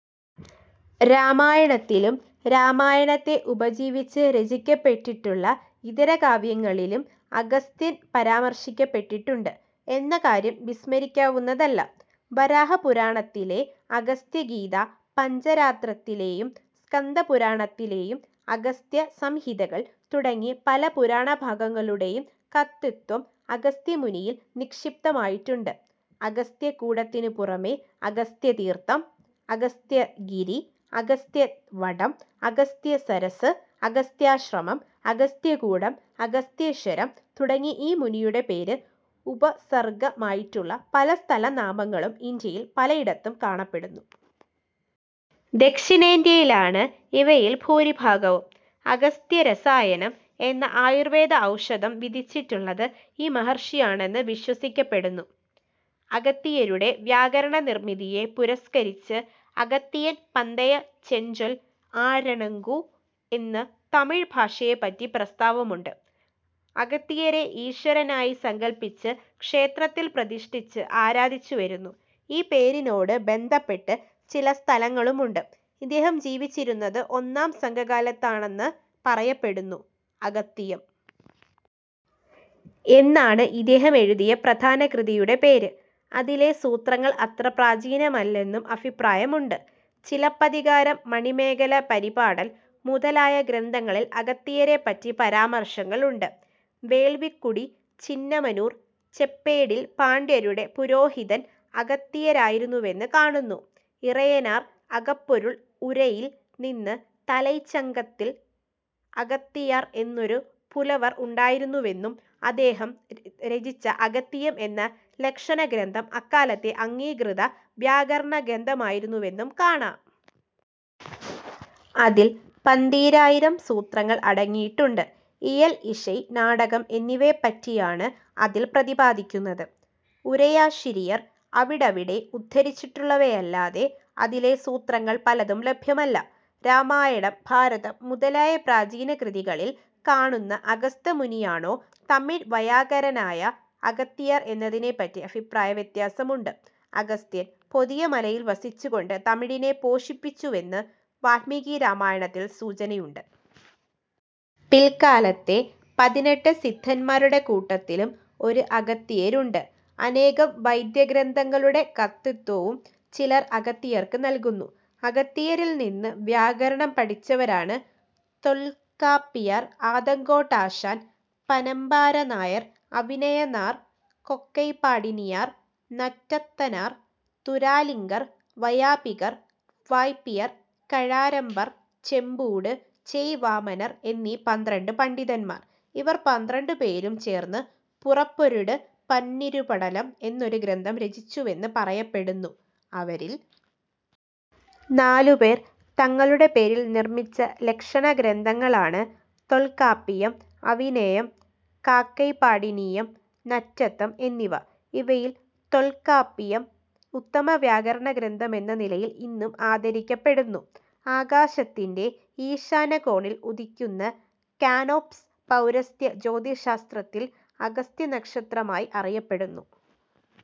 രാമായണത്തിലും രാമായണത്തെ ഉപജീവിച്ച് രചിക്കപ്പെട്ടിട്ടുള്ള ഇതരകാവ്യങ്ങളിലും അഗസ്ത്യൻ പരാമർശിക്കപ്പെട്ടിട്ടുണ്ട് എന്ന കാര്യം വിസ്മരിക്കാവുന്നതല്ല. വരാഹപുരാണത്തിലെ അഗസ്ത്യഗീത പഞ്ചരാത്രത്തിലെയും സ്കന്ദപുരാണത്തിലെയും അഗസ്ത്യസംഹിതകൾ തുടങ്ങി പല പുരാണഭാഗങ്ങളുടെയും കർതൃത്വം അഗസ്ത്യമുനിയിൽ നിക്ഷിപ്തമായിട്ടുണ്ട്. അഗസ്ത്യകൂടത്തിനു പുറമേ അഗസ്ത്യതീർഥം അഗസ്ത്യഗിരി അഗസ്ത്യവടം അഗസ്ത്യസരസ്സ് അഗസ്ത്യാശ്രമം അഗസ്ത്യകൂടം അഗസ്തീശ്വരം തുടങ്ങി ഈ മുനിയുടെ പേര് ഉപസർഗമായിട്ടുള്ള പല സ്ഥലനാമങ്ങളും ഇന്ത്യയിൽ പലയിടത്തും കാണപ്പെടുന്നു. ദക്ഷിണേന്ത്യയിലാണ് ഇവയിൽ ഭൂരിഭാഗവും. അഗസ്ത്യരസായനം എന്ന ആയുർവേദ ഔഷധം വിധിച്ചിട്ടുള്ളത് ഈ മഹർഷിയാണെന്ന് വിശ്വസിക്കപ്പെടുന്നു. അകത്തിയരുടെ വ്യാകരണനിർമിതിയെ പുരസ്കരിച്ച് അകത്തിയൻ പന്തയ ചെഞ്ചൊൽ ആരണങ്കു എന്ന് തമിഴ് ഭാഷയെപ്പറ്റി പ്രസ്താവമുണ്ട്. അകത്തിയരെ ഈശ്വരനായി സങ്കല്പിച്ച് ക്ഷേത്രത്തിൽ പ്രതിഷ്ഠിച്ച് ആരാധിച്ചുവരുന്നു. ആ പേരിനോട് ബന്ധപ്പെട്ട ചില സ്ഥലങ്ങളുമുണ്ട്. ഇദ്ദേഹം ജീവിച്ചിരുന്നത് ഒന്നാം സംഘകാലത്താണെന്ന് പറയപ്പെടുന്നു. അകത്തിയം എന്നാണ് ഇദ്ദേഹം എഴുതിയ പ്രധാന കൃതിയുടെ പേര്. അതിലെ സൂത്രങ്ങൾ അത്ര പ്രാചീനമല്ലെന്നും അഭിപ്രായമുണ്ട്. ചിലപ്പതികാരം മണിമേഖല പരിപാടൽ മുതലായ ഗ്രന്ഥങ്ങളിൽ അകത്തിയരെപ്പറ്റി പരാമർശങ്ങളുണ്ട്. വേൾവിക്കുടി ചിന്നമനൂർ ചെപ്പേടിൽ പാണ്ഡ്യരുടെ പുരോഹിതൻ അകത്തിയരായിരുന്നുവെന്ന് കാണുന്നു. ഇറൈയനാർ അകപ്പൊരുൾ ഉരൈയിൽ നിന്ന് തലൈച്ചങ്കത്തിൽ അകത്തിയർ എന്നൊരു പുലവർ ഉണ്ടായിരുന്നുവെന്നും അദ്ദേഹം രചിച്ച അകത്തിയം എന്ന ലക്ഷണഗ്രന്ഥം അക്കാലത്തെ അംഗീകൃത വ്യാകരണഗ്രന്ഥമായിരുന്നുവെന്നും കാണാം. അതിൽ പന്തീരായിരം സൂത്രങ്ങൾ അടങ്ങിയിട്ടുണ്ട്. ഇയൽ ഇശൈ നാടകം എന്നിവയെപ്പറ്റിയാണ് അതിൽ പ്രതിപാദിക്കുന്നത്. ഉരൈയാശിരിയർ അവിടവിടെ ഉദ്ധരിച്ചിട്ടുള്ളവയല്ലാതെ അതിലെ സൂത്രങ്ങൾ പലതും ലഭ്യമല്ല. രാമായണം ഭാരതം മുതലായ പ്രാചീന കൃതികളിൽ കാണുന്ന അഗസ്ത്യമുനിയാണോ തമിഴ് വൈയാകരണനായ അകത്തിയർ എന്നതിനെപ്പറ്റി അഭിപ്രായവ്യത്യാസമുണ്ട്. അഗസ്ത്യൻ പൊതിയമലയിൽ വസിച്ചുകൊണ്ട് തമിഴിനെ പോഷിപ്പിച്ചുവെന്ന് വാല്മീകിരാമായണത്തിൽ സൂചനയുണ്ട്. പിൽക്കാലത്തെ പതിനെട്ട് സിദ്ധന്മാരുടെ കൂട്ടത്തിലും ഒരു അകത്തിയരുണ്ട്. അനേകം വൈദ്യഗ്രന്ഥങ്ങളുടെ കർതൃത്വവും ചിലർ അകത്തിയർക്ക് നൽകുന്നു. അകത്തിയരിൽനിന്ന് വ്യാകരണം പഠിച്ചവരാണ് തൊൽക്കാപ്പിയർ ആതങ്കോട്ടാശാൻ പനമ്പാരനാർ അവിനയനാർ കാക്കൈപാടിനിയാർ നറ്റത്തനാർ തുരാലിങ്കർ വൈയാപികർ വായ്പ്പിയർ കഴാരമ്പർ ചെമ്പൂട് ചേയ് വാമനർ എന്നീ പന്ത്രണ്ടു പണ്ഡിതന്മാർ. ഇവർ പന്ത്രണ്ടുപേരും ചേർന്ന് പുറപ്പൊരുട് പന്നിരുപടലം എന്നൊരു ഗ്രന്ഥം രചിച്ചുവെന്ന് പറയപ്പെടുന്നു. അവരിൽ നാലുപേർ തങ്ങളുടെ പേരിൽ നിർമിച്ച ലക്ഷണഗ്രന്ഥങ്ങളാണ് തൊൽകാപ്പിയം അവിനയം കാക്കൈപാടിനീയം നറ്റത്തം എന്നിവ. ഇവയിൽ തൊൽകാപ്പിയം ഉത്തമ വ്യാകരണഗ്രന്ഥമെന്ന നിലയിൽ ഇന്നും ആദരിക്കപ്പെടുന്നു. ആകാശത്തിന്റെ ഈശാനകോണിൽ ഉദിക്കുന്ന കാനോപസ് പൗരസ്ത്യ ജ്യോതിശ്ശാസ്ത്രത്തിൽ അഗസ്ത്യനക്ഷത്രമായി അറിയപ്പെടുന്നു.